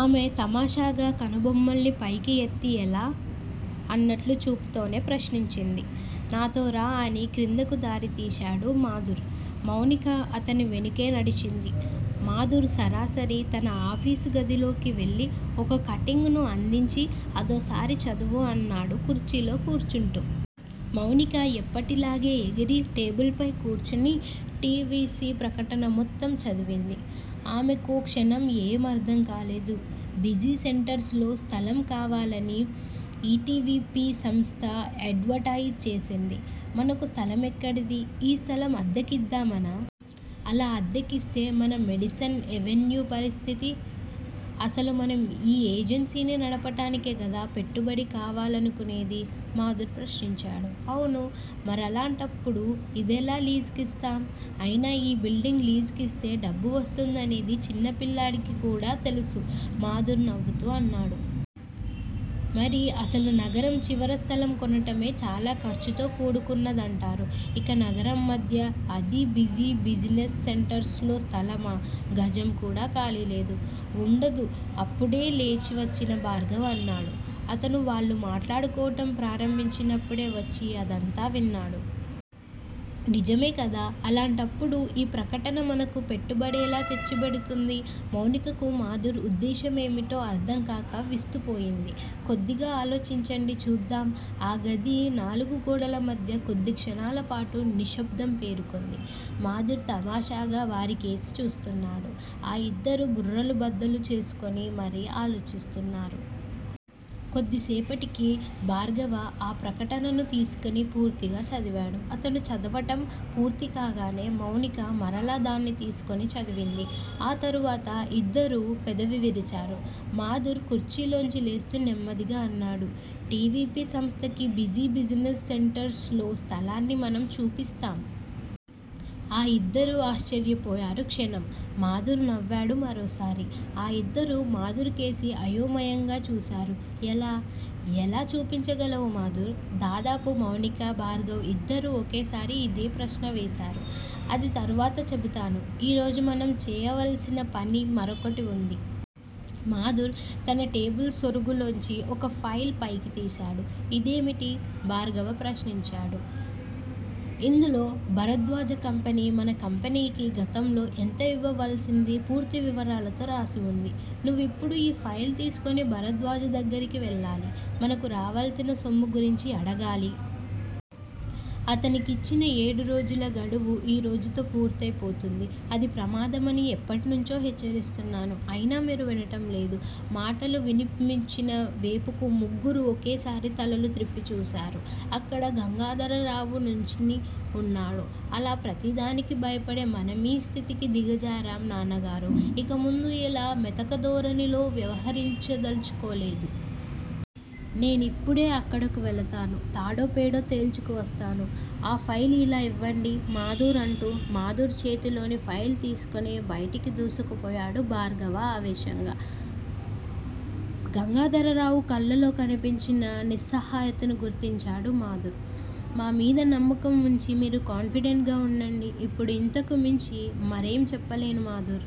ఆమె తమాషాగా కనుబొమ్మల్ని పైకి ఎత్తి ఎలా? అన్నట్లు చూపుతోనే ప్రశ్నించింది. నాతో రా అని క్రిందకు దారితీశాడు మాధుర్. మౌనిక అతని వెనుకే నడిచింది. మాధుర్ సరాసరి తన ఆఫీసు గదిలోకి వెళ్ళి ఒక కటింగ్ ను అందించి అదోసారి చదువు అన్నాడు కుర్చీలో కూర్చుంటూ. మౌనిక ఎప్పటిలాగే ఎగిరి టేబుల్ పై కూర్చుని టి. వి. సి. ప్రకటన మొత్తం చదివింది. ఆమెకో క్షణం ఏం అర్ధంకాలేదు. బిజీ సెంటర్స్ లో స్థలం కావాలని ఈ టి. వి. పి. సంస్థ ఎడ్వర్ టైజ్ చేసింది. మనకు స్థలమెక్కడిది? ఈ స్థలం అద్దెకిద్డామనా? అలా అద్దెకిస్తే మన మేడిసన్ ఎవెన్యూ పరిస్థితి? అసలు మనం ఈ ఏజెన్సీని నడపటానికే గదా పెట్టుబడి కావాలను కునేది? మాధుర్ ప్రశ్నించాడు. అవును. మరలాంటప్పుడు ఇదెలా లీజ్ కిస్తాం? అయినా ఈ బిల్డింగ్ లీజ్ కిస్తే డబ్బు వస్తుందనేది చిన్నపిల్లాడికి కూడా తెలుసు మాధుర్ నవ్వుతూ అన్నాడు. మరి అసలు నగరం చివర స్థలం కొనటమే చాలా ఖర్చుతో కూడుకున్నదంటారు. ఇక నగరం మధ్య, అదీ బిజీ బిజినెస్ సెంటర్స్ లో స్థలమా? గజం కూడా ఖాళీలేదు. వుండదు అప్పుడే లేచి వచ్చిన భార్గవ అన్నాడు. అతను వాళ్ళు మాట్లాడుకోవటం ప్రారంభించినప్పుడే వచ్చి అదంతా విన్నాడు. నిజమేకదా? అలాంటప్పుడు ఈ ప్రకటన మనకు పెట్టుబడెలా తెచ్చిపెడుతుంది? మౌనికకు మాధుర్ ఉద్దేశమేమిటో అర్ధంకాక విస్తుపోయింది. కొద్దిగా ఆలోచించండి చూద్దాం ఆ గది నాలుగు గోడలమధ్య కొద్దిక్షణాల పాటు నిశ్శబ్దం పేరుకుంది. మాధుర్ తమాషాగా వారికేసి చూస్తున్నాడు. ఆ ఇద్దరూ బుర్రలు బ్రద్దలు చేసుకొని మరీ ఆలోచిస్తున్నారు. కొద్దిసేపటికి భార్గవ ఆ ప్రకటనను తీసుకుని పూర్తిగా చదివాడు. అతను చదవటం పూర్తికాగానే మౌనిక మరలా దాన్ని తీసుకుని చదివింది. ఆ తరువాత ఇద్దరూ పెదవి విరిచారు. మాధుర్ కుర్చీలోంచి లేస్తూ నెమ్మదిగా అన్నాడు. టి. వి. పి. సంస్థకి బిజీ బిజినెస్ సెంటర్స్ లో స్థలాన్ని మనం చూపిస్తాం. ఆ ఇద్దరూ ఆశ్చర్యపోయారు క్షణం. మాధుర్ నవ్వాడు మరోసారి. ఆ ఇద్దరూ మాధుర్ కేసి అయోమయంగా చూశారు. ఎలా? ఎలా చూపించగలవు మాధుర్? దాదాపు మౌనిక, భార్గవ ఇద్దరూ ఒకేసారి ఇదే ప్రశ్న వేశారు. అది తరువాత చెబుతాను. ఈరోజు మనం చేయవల్సిన పని మరొకటి వుంది. మాధుర్ తన టేబుల్ సొరుగులోంచి ఒక ఫైల్ పైకి తీశాడు. ఇదేమిటి? భార్గవ ప్రశ్నించాడు. ఇందులో భరద్వాజ కంపెనీ మన కంపెనీకి గతంలో ఎంత ఇవ్వవలసింది పూర్తి వివరాలతో రాసి వుంది. నువ్విప్పుడు ఈ ఫైల్ తీసుకొని భరద్వాజ దగ్గరికి వెళ్ళాలి. మనకు రావలసిన సొమ్ము గురించి అడగాలి. అతనికిచ్చిన ఏడురోజుల గడువు ఈరోజుతో పూర్తయిపోతుంది. అది ప్రమాదమని ఎప్పటినుంచో హెచ్చరిస్తున్నాను. అయినా మీరు వినటంలేదు. మాటలు వినిపిమ్చిన వేపుకు ముగ్గురూ ఒకేసారి తలలు త్రిప్పి చూశారు. అక్కడ గంగాధరరావు నుంచుని వున్నాడు. అలా ప్రతిదానికీ భయపడే మనమీ స్థితికి దిగజారాం నాన్నగారూ ఇకముందు యిలా మెతకధోరణిలో వ్యవహరిందల్చుకోలేదు. నేనిప్పుడే అక్కడకు వెళతాను. తాడో పేడో తేల్చుకువస్తాను. ఆ ఫైల్ ఇలా యివ్వండి మాధుర్ అంటూ మాధుర్ చేతిలోని ఫైల్ తీసుకొని బయటికి దూసుకుపోయాడు భార్గవ ఆవేశంగా. గంగాధరరావు కళ్ళలో కనిపించిన నిస్సహాయతను గుర్తించాడు మాధుర్. మా మీద నమ్మకం వుంచి మీరు కాన్ఫిడెంట్ గా వుండండి. ఇప్పుడు ఇంతకుమించి మరేం చెప్పలేను మాధుర్